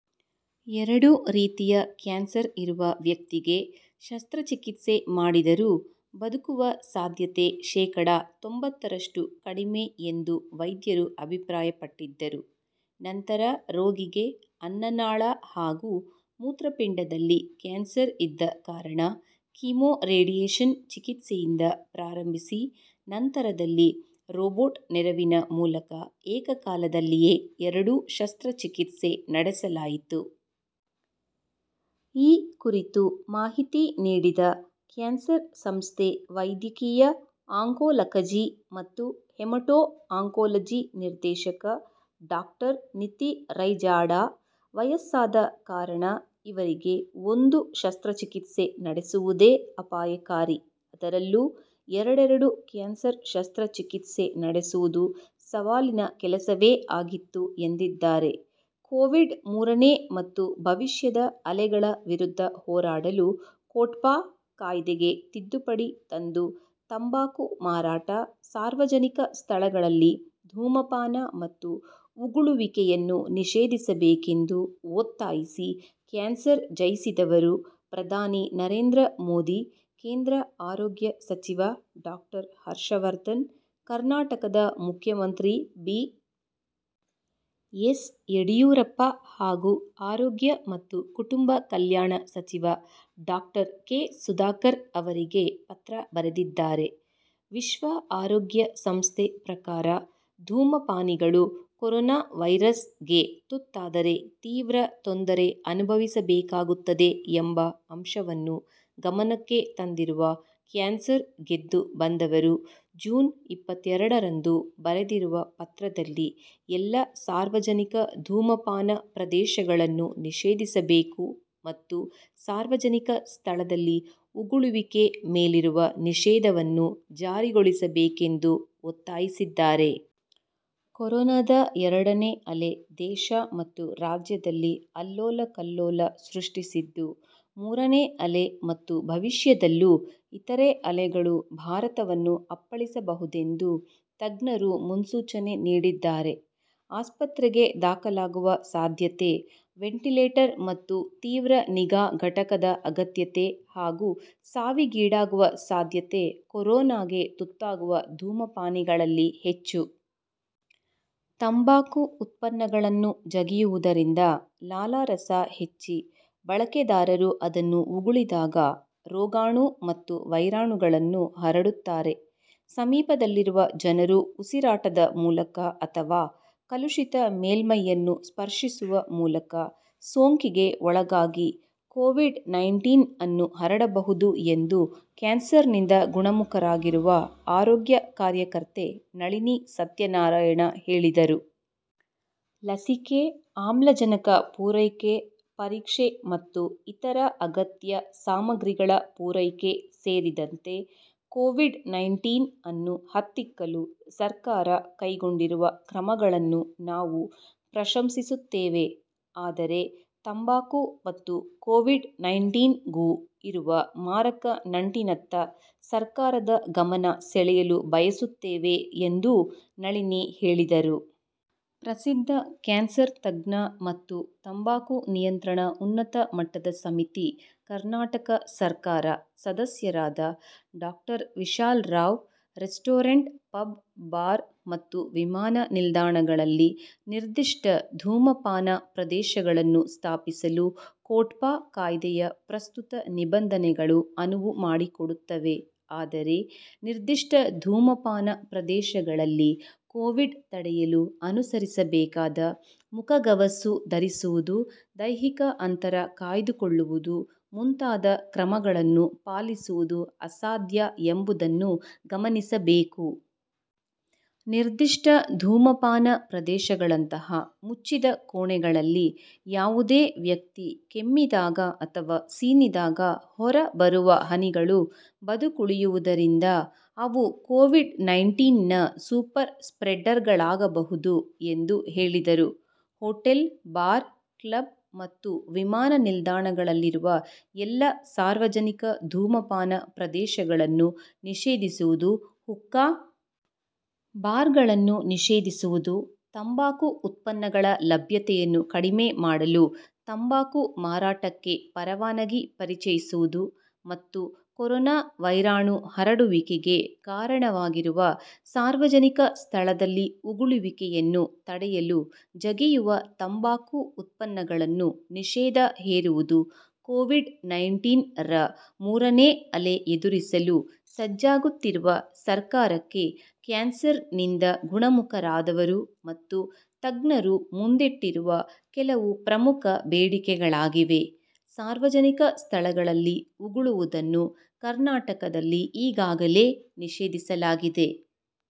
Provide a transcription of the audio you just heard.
ಎರಡು ರೀತಿಯ ಕ್ಯಾನ್ಸರ್ ಇರುವ ವ್ಯಕ್ತಿಗೆ ಶಸ್ತ್ರಚಿಕಿತ್ಸೆ ಮಾಡಿದರೂ ಬದುಕುವ ಸಾಧ್ಯತೆ ಶೇಕಡಾ ತೊಂಬತ್ತರಷ್ಟು ಕಡಿಮೆ ಎಂದು ವೈದ್ಯರು ಅಭಿಪ್ರಾಯಪಟ್ಟಿದ್ದರು. ನಂತರ, ರೋಗಿಗೆ ಅನ್ನನಾಳ ಹಾಗೂ ಮೂತ್ರಪಿಂಡದಲ್ಲಿ ಕ್ಯಾನ್ಸರ್ ಇದ್ದ ಕಾರಣ ಕಿಮೋರೇಡಿಯೇಶನ್ ಚಿಕಿತ್ಸೆಯಿಂದ ಪ್ರಾರಂಭಿಸಿ, ನಂತರದಲ್ಲಿ ರೋಬೋಟ್ ನೆರವಿನ ಮೂಲಕ ಏಕಕಾಲದಲ್ಲಿಯೇ ಎರಡೂ ಶಸ್ತ್ರಚಿಕಿತ್ಸೆ ನಡೆಸಲಾಯಿತು. ಈ ಕುರಿತು ಮಾಹಿತಿ ನೀಡಿದ ಕ್ಯಾನ್ಸರ್ ಸಂಸ್ಥೆ ವೈದ್ಯಕೀಯ ಆಂಕೋಲಕಜಿ ಮತ್ತು ಹೆಮಟೋ ಆಂಕೋಲಜಿ ನಿರ್ದೇಶಕ ಡಾಕ್ಟರ್ ನಿತಿ ರೈಜಾಡಾ, ವಯಸ್ಸಾದ ಕಾರಣ ಇವರಿಗೆ ಒಂದು ಶಸ್ತ್ರಚಿಕಿತ್ಸೆ ನಡೆಸುವುದೇ ಅಪಾಯಕಾರಿ. ಅದರಲ್ಲೂ ಎರಡೆರಡು ಕ್ಯಾನ್ಸರ್ ಶಸ್ತ್ರಚಿಕಿತ್ಸೆ ನಡೆಸುವುದು ಸವಾಲಿನ ಕೆಲಸವೇ ಆಗಿತ್ತು ಎಂದಿದ್ದಾರೆ. ಕೋವಿಡ್ ಮೂರನೇ ಮತ್ತು ಭವಿಷ್ಯದ ಅಲೆಗಳ ವಿರುದ್ಧ ಹೋರಾಡಲು ಕೋಟ್ಪಾ ಕಾಯ್ದೆಗೆ ತಿದ್ದುಪಡಿ ತಂದು ತಂಬಾಕು ಮಾರಾಟ, ಸಾರ್ವಜನಿಕ ಸ್ಥಳಗಳಲ್ಲಿ ಧೂಮಪಾನ ಮತ್ತು ಉಗುಳುವಿಕೆಯನ್ನು ನಿಷೇಧಿಸಬೇಕೆಂದು ಒತ್ತಾಯಿಸಿ ಕ್ಯಾನ್ಸರ್ ಜಯಿಸಿದವರು ಪ್ರಧಾನಿ ನರೇಂದ್ರ ಮೋದಿ, ಕೇಂದ್ರ ಆರೋಗ್ಯ ಸಚಿವ ಡಾಕ್ಟರ್ ಹರ್ಷವರ್ಧನ್, ಕರ್ನಾಟಕದ ಮುಖ್ಯಮಂತ್ರಿ ಬಿ. ಎಸ್. ಯಡಿಯೂರಪ್ಪ ಹಾಗು ಆರೋಗ್ಯ ಮತ್ತು ಕುಟುಂಬ ಕಲ್ಯಾಣ ಸಚಿವ ಡಾಕ್ಟರ್ ಕೆ. ಸುಧಾಕರ್ ಅವರಿಗೆ ಪತ್ರ ಬರೆದಿದ್ದಾರೆ. ವಿಶ್ವ ಆರೋಗ್ಯ ಸಂಸ್ಥೆ ಪ್ರಕಾರ ಧೂಮಪಾನಿಗಳು ಕೊರೊನ ವೈರಸ್ ಗೆ ತುತ್ತಾದರೆ ತೀವ್ರ ತೊಂದರೆ ಅನುಭವಿಸಬೇಕಾಗುತ್ತದೆ ಎಂಬ ಅಂಶವನ್ನು ಗಮನಕ್ಕೆ ತಂದಿರುವ ಕ್ಯಾನ್ಸರ್ ಗೆದ್ದು ಬಂದವರು, ಜೂನ್ ಇಪ್ಪತ್ತೆರಡರಂದು ಬರೆದಿರುವ ಪತ್ರದಲ್ಲಿ ಎಲ್ಲ ಸಾರ್ವಜನಿಕ ಧೂಮಪಾನ ಪ್ರದೇಶಗಳನ್ನು ನಿಷೇಧಿಸಬೇಕು ಮತ್ತು ಸಾರ್ವಜನಿಕ ಸ್ಥಳದಲ್ಲಿ ಉಗುಳುವಿಕೆ ಮೇಲಿರುವ ನಿಷೇಧವನ್ನು ಜಾರಿಗೊಳಿಸಬೇಕೆಂದು ಒತ್ತಾಯಿಸಿದ್ದಾರೆ. ಕೊರೊನದ ಎರಡನೇ ಅಲೆ ದೇಶ ಮತ್ತು ರಾಜ್ಯದಲ್ಲಿ ಅಲ್ಲೋಲಕಲ್ಲೋಲ ಸೃಷ್ಟಿಸಿದ್ದು, ಮೂರನೇ ಅಲೆ ಮತ್ತು ಭವಿಷ್ಯದಲ್ಲೂ ಇತರೆ ಅಲೆಗಳು ಭಾರತವನ್ನು ಅಪ್ಪಳಿಸಬಹುದೆಂದು ತಜ್ಞರು ಮುನ್ಸೂಚನೆ ನೀಡಿದ್ದಾರೆ. ಆಸ್ಪತ್ರೆಗೆ ದಾಖಲಾಗುವ ಸಾಧ್ಯತೆ, ವೆಂಟಿಲೇಟರ್ ಮತ್ತು ತೀವ್ರ ನಿಗಾ ಘಟಕದ ಅಗತ್ಯತೆ, ಹಾಗು ಸಾವಿಗೀಡಾಗುವ ಸಾಧ್ಯತೆ ಕೊರೋನಾಗೆ ತುತ್ತಾಗುವ ಧೂಮಪಾನಿಗಳಲ್ಲಿ ಹೆಚ್ಚು. ತಂಬಾಕು ಉತ್ಪನ್ನಗಳನ್ನು ಜಗಿಯುವುದರಿಂದ ಲಾಲಾರಸ ಹೆಚ್ಚಿ ಬಳಕೆದಾರರು ಅದನ್ನು ಉಗುಳಿದಾಗ ರೋಗಾಣು ಮತ್ತು ವೈರಾಣುಗಳನ್ನು ಹರಡುತ್ತಾರೆ. ಸಮೀಪದಲ್ಲಿರುವ ಜನರು ಉಸಿರಾಟದ ಮೂಲಕ ಅಥವಾ ಕಲುಷಿತ ಮೇಲ್ಮೈಯನ್ನು ಸ್ಪರ್ಶಿಸುವ ಮೂಲಕ ಸೋಂಕಿಗೆ ಒಳಗಾಗಿ ಕೋವಿಡ್ ನೈಂಟೀನ್ ಅನ್ನು ಹರಡಬಹುದು ಎಂದು ಕ್ಯಾನ್ಸರ್ ನಿಂದ ಗುಣಮುಖರಾಗಿರುವ ಆರೋಗ್ಯ ಕಾರ್ಯಕರ್ತೆ ನಳಿನಿ ಸತ್ಯನಾರಾಯಣ ಹೇಳಿದರು. ಲಸಿಕೆ, ಆಮ್ಲಜನಕ ಪೂರೈಕೆ, ಪರೀಕ್ಷೆ ಮತ್ತು ಇತರ ಅಗತ್ಯ ಸಾಮಗ್ರಿಗಳ ಪೂರೈಕೆ ಸೇರಿದಂತೆ ಕೋವಿಡ್ ನೈಂಟೀನ್ ಅನ್ನು ಹತ್ತಿಕ್ಕಲು ಸರ್ಕಾರ ಕೈಗೊಂಡಿರುವ ಕ್ರಮಗಳನ್ನು ನಾವು ಪ್ರಶಂಸಿಸುತ್ತೇವೆ. ಆದರೆ, ತಂಬಾಕು ಮತ್ತು ಕೋವಿಡ್ ನೈಂಟೀನ್ ಗೂ ಇರುವ ಮಾರಕ ನಂಟಿನತ್ತ ಸರ್ಕಾರದ ಗಮನ ಸೆಳೆಯಲು ಬಯಸುತ್ತೇವೆ ಎಂದೂ ನಳಿನಿ ಹೇಳಿದರು. ಪ್ರಸಿದ್ಧ ಕ್ಯಾನ್ಸರ್ ತಜ್ಞ ಮತ್ತು ತಂಬಾಕು ನಿಯಂತ್ರಣ ಉನ್ನತ ಮಟ್ಟದ ಸಮಿತಿ, ಕರ್ನಾಟಕ ಸರ್ಕಾರ, ಸದಸ್ಯರಾದ doctor Vishal Rao, restaurant, pub, bar ಮತ್ತು ವಿಮಾನ ನಿಲ್ದಾಣಗಳಲ್ಲಿ ನಿರ್ದಿಷ್ಟ ಧೂಮಪಾನ ಪ್ರದೇಶಗಳನ್ನು ಸ್ಥಾಪಿಸಲು ಕೋಟ್ಪಾ ಕಾಯ್ದೆಯ ಪ್ರಸ್ತುತ ನಿಬಂಧನೆಗಳು ಅನುವು ಮಾಡಿಕೊಡುತ್ತವೆ. ಆದರೆ, ನಿರ್ದಿಷ್ಟ ಧೂಮಪಾನ ಪ್ರದೇಶಗಳಲ್ಲಿ ಕೋವಿಡ್ ತಡೆಯಲು ಅನುಸರಿಸಬೇಕಾದ ಮುಖಗವಸು ಧರಿಸುವುದು, ದೈಹಿಕ ಅಂತರ ಕಾಯ್ದುಕೊಳ್ಳುವುದು ಮುಂತಾದ ಕ್ರಮಗಳನ್ನು ಪಾಲಿಸುವುದು ಅಸಾಧ್ಯ ಎಂಬುದನ್ನು ಗಮನಿಸಬೇಕು. ನಿರ್ದಿಷ್ಟ ಧೂಮಪಾನ ಪ್ರದೇಶಗಳಂತಹ ಮುಚ್ಚಿದ ಕೋಣೆಗಳಲ್ಲಿ ಯಾವುದೇ ವ್ಯಕ್ತಿ ಕೆಮ್ಮಿದಾಗ ಅಥವ ಸೀನಿದಾಗ ಹೊರಬರುವ ಹನಿಗಳು ಬದುಕುಳಿಯುವುದರಿಂದ ಅವು ಕೋವಿಡ್ ನೈಂಟೀನ್ ನ ಸೂಪರ್ ಸ್ಪ್ರೆಡರ್ಗಳಾಗಬಹುದು, ಎಂದು ಹೇಳಿದರು. ಹೋಟೆಲ್, ಬಾರ್, ಕ್ಲಬ್ ಮತ್ತು ವಿಮಾನ ನಿಲ್ದಾಣಗಳಲ್ಲಿರುವ ಎಲ್ಲ ಸಾರ್ವಜನಿಕ ಧೂಮಪಾನ ಪ್ರದೇಶಗಳನ್ನು ನಿಷೇಧಿಸುವುದು, ಹುಕ್ಕಾ ಬಾರ್ಗಳನ್ನು ನಿಷೇಧಿಸುವುದು, ತಂಬಾಕು ಉತ್ಪನ್ನಗಳ ಲಭ್ಯತೆಯನ್ನು ಕಡಿಮೆ ಮಾಡಲು ತಂಬಾಕು ಮಾರಾಟಕ್ಕೆ ಪರವಾನಗಿ ಪರಿಚಯಿಸುವುದು ಮತ್ತು ಕೊರೊನ ವೈರಾಣು ಹರಡುವಿಕೆಗೆ ಕಾರಣವಾಗಿರುವ ಸಾರ್ವಜನಿಕ ಸ್ಥಳದಲ್ಲಿ ಉಗುಳುವಿಕೆಯನ್ನು ತಡೆಯಲು ಜಗಿಯುವ ತಂಬಾಕು ಉತ್ಪನ್ನಗಳನ್ನು ನಿಷೇಧ ಹೇರುವುದು ಕೋವಿಡ್ ನೈಂಟೀನ್ ರ ಮೂರನೇ ಅಲೆ ಎದುರಿಸಲು ಸಜ್ಜಾಗುತ್ತಿರುವ ಸರ್ಕಾರಕ್ಕೆ ಕ್ಯಾನ್ಸರ್ ನಿಂದ ಗುಣಮುಖರಾದವರು ಮತ್ತು ತಜ್ಞರು ಮುಂದಿಟ್ಟಿರುವ ಕೆಲವು ಪ್ರಮುಖ ಬೇಡಿಕೆಗಳಾಗಿವೆ. ಸಾರ್ವಜನಿಕ ಸ್ಥಳಗಳಲ್ಲಿ ಉಗುಳುವುದನ್ನು ಕರ್ನಾಟಕದಲ್ಲಿ ಈಗಾಗಲೇ ನಿಷೇಧಿಸಲಾಗಿದೆ.